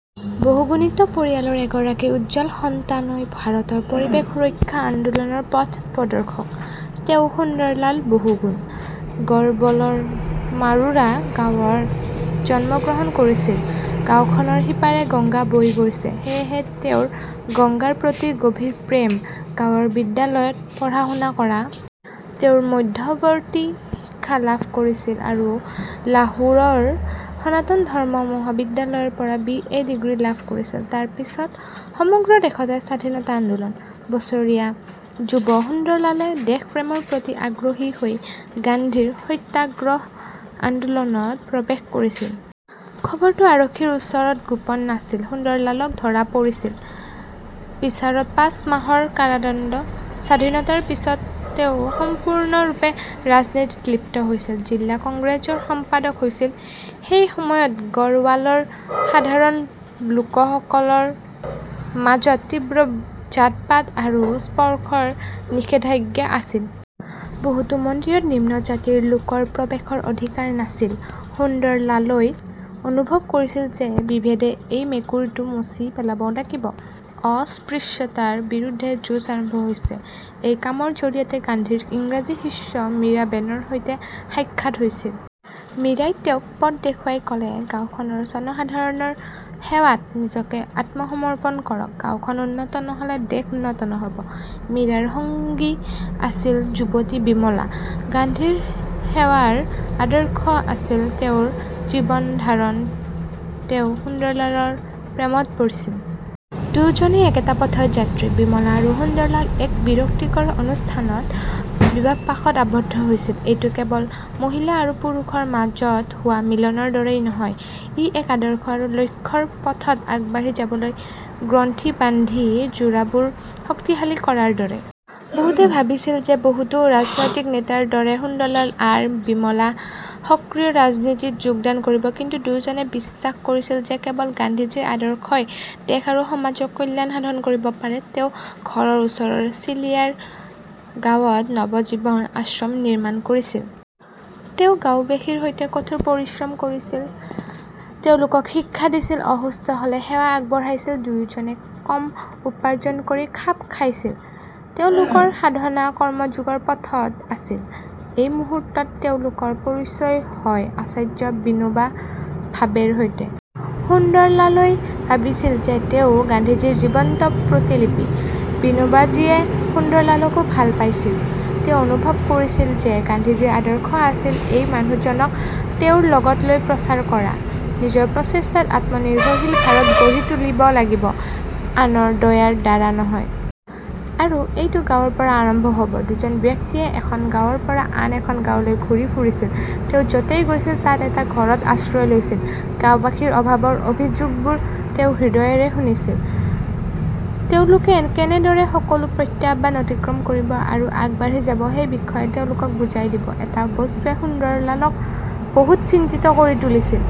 বহুগুণিত পৰিয়ালৰ এগৰাকী উজ্জ্বল সন্তানই ভাৰতৰ পৰিৱেশ সুৰক্ষা আন্দোলনৰ পথ প্ৰদৰ্শক। তেওঁ সুন্দৰলাল বহুগুণ। গড়বলৰ মাৰোৰা গাঁৱত জন্মগ্ৰহণ কৰিছিল। গাওঁখনৰ সিপাৰে গংগা বৈ গৈছে। সেয়েহে তেওঁৰ গংগাৰ প্ৰতি গভীৰ প্ৰেম, গাঁৱৰ বিদ্যালয়ত পঢ়া-শুনা কৰা। তেওঁ মধ্যৱৰ্তী শিক্ষা লাভ কৰিছিল আৰু লাহোৰৰ সনাতন ধৰ্ম মহাবিদ্যালয়ৰ পৰা বি. এ. ডিগ্ৰী লাভ কৰিছিল। তাৰ পিছত সমগ্ৰ দেশতে স্বাধীনতা আন্দোলন। বছৰীয়া যুৱ সুন্দৰলালে দেশপ্ৰেমৰ প্ৰতি আগ্ৰহী হৈ গান্ধীৰ সত্যাগ্ৰহ আন্দোলনত প্ৰৱেশ কৰিছিল। খবৰটো আৰক্ষীৰ ওচৰত গোপন নাছিল। সুন্দৰলালক ধৰা পৰিছিল। বিচাৰত পাঁচ মাহৰ কাৰাদণ্ড। স্বাধীনতাৰ পিছত তেওঁ সম্পূৰ্ণৰূপে ৰাজনীতিত লিপ্ত হৈছিল। জিলা কংগ্ৰেজৰ সম্পাদক হৈছিল, সেই সময়ত গড়ৱালৰ সাধাৰণ লোকসকলৰ মাজত তীব্ৰ জাতপাত আৰু স্পৰ্শৰ নিষেধাজ্ঞা আছিল। বহুতো মন্দিৰত নিম্ন জাতিৰ লোকৰ প্ৰৱেশৰ অধিকাৰ নাছিল। সুন্দৰলালৈ অনুভৱ কৰিছিল যে বিভেদে এই মেকুৰীটো মচি পেলাব লাগিব। অস্পৃশ্যতাৰ বিৰুদ্ধে যুঁজ আৰম্ভ হৈছে। এই কামৰ জৰিয়তে গান্ধীৰ ইংৰাজী শিষ্য মীৰা বেনৰ সৈতে সাক্ষাৎ হৈছিল। মীৰাই তেওঁক পথ দেখুৱাই ক 'লে গাওঁখনৰ জনসাধাৰণৰ সেৱাত নিজকে আত্মসমৰ্পণ কৰক। গাওঁখন উন্নত নহ'লে দেশ উন্নত নহ'ব। মীৰাৰ সঙ্গী আছিল যুৱতী বিমলা। গান্ধীৰ সেৱাৰ আদৰ্শ আছিল তেওঁৰ জীৱন ধাৰণ তেওঁ সুন্দৰলালৰ প্ৰেমত পৰিছিল। দুয়োজনেই একেটা পথৰ যাত্ৰী। বিমলা আৰু সুন্দৰলাল এক বিৰক্তিকৰ অনুষ্ঠানত বিবাহপাশত আবদ্ধ হৈছিল। এইটো কেৱল মহিলা আৰু পুৰুষৰ মাজত হোৱা মিলনৰ দৰেই নহয়, ই এক আদৰ্শ আৰু লক্ষ্যৰ পথত আগবাঢ়ি যাবলৈ গ্ৰন্থি বান্ধি যোৰাবোৰ শক্তিশালী কৰাৰ দৰে। বহুতে ভাবিছিল যে বহুতো ৰাজনৈতিক নেতাৰ দৰে সুন্দৰলাল আৰ. বিমলা সক্ৰিয় ৰাজনীতিত যোগদান কৰিব। কিন্তু দুয়োজনে বিশ্বাস কৰিছিল যে কেৱল গান্ধীজীৰ আদৰ্শই দেশ আৰু সমাজৰ কল্যাণ সাধন কৰিব পাৰে। তেওঁ ঘৰৰ ওচৰৰ চিলিয়াৰ গাঁৱত নবজীৱন আশ্ৰম নিৰ্মাণ কৰিছিল। তেওঁ গাওঁবাসীৰ সৈতে কঠোৰ পৰিশ্ৰম কৰিছিল, তেওঁলোকক শিক্ষা দিছিল, অসুস্থ হ'লে সেৱা আগবঢ়াইছিল। দুয়োজনে কম উপাৰ্জন কৰি খাপ খাইছিল। তেওঁলোকৰ সাধনা কৰ্মযোগৰ পথত আছিল। এই মুহূৰ্তত তেওঁলোকৰ পৰিচয় হয় আচাৰ্য বিনোবা ভাবেৰ সৈতে। সুন্দৰলালৈ ভাবিছিল যে তেওঁ গান্ধীজীৰ জীৱন্ত প্ৰতিলিপি। বিনোবাজীয়ে সুন্দৰলালকো ভাল পাইছিল। তেওঁ অনুভৱ কৰিছিল যে গান্ধীজীৰ আদৰ্শ আছিল এই মানুহজনক তেওঁৰ লগত লৈ প্ৰচাৰ কৰা। নিজৰ প্ৰচেষ্টাত আত্মনিৰ্ভৰশীল ভাৰত গঢ়ি তুলিব লাগিব, আনৰ দয়াৰ দ্বাৰা নহয়। আৰু এইটো গাঁৱৰ পৰা আৰম্ভ হ 'ব। দুজন ব্যক্তিয়ে এখন গাঁৱৰ পৰা আন এখন গাঁৱলৈ ঘূৰি ফুৰিছিল। তেওঁ য 'তেই গৈছিল তাত এটা ঘৰত আশ্ৰয় লৈছিল। গাওঁবাসীৰ অভাৱৰ অভিযোগবোৰ তেওঁ হৃদয়ৰে শুনিছিল। তেওঁলোকে কেনেদৰে সকলো প্ৰত্যাহ্বান অতিক্ৰম কৰিব আৰু আগবাঢ়ি যাব সেই বিষয়ে তেওঁলোকক বুজাই দিব। এটা বস্তুৱে সুন্দৰলালক বহুত চিন্তিত কৰি তুলিছিল।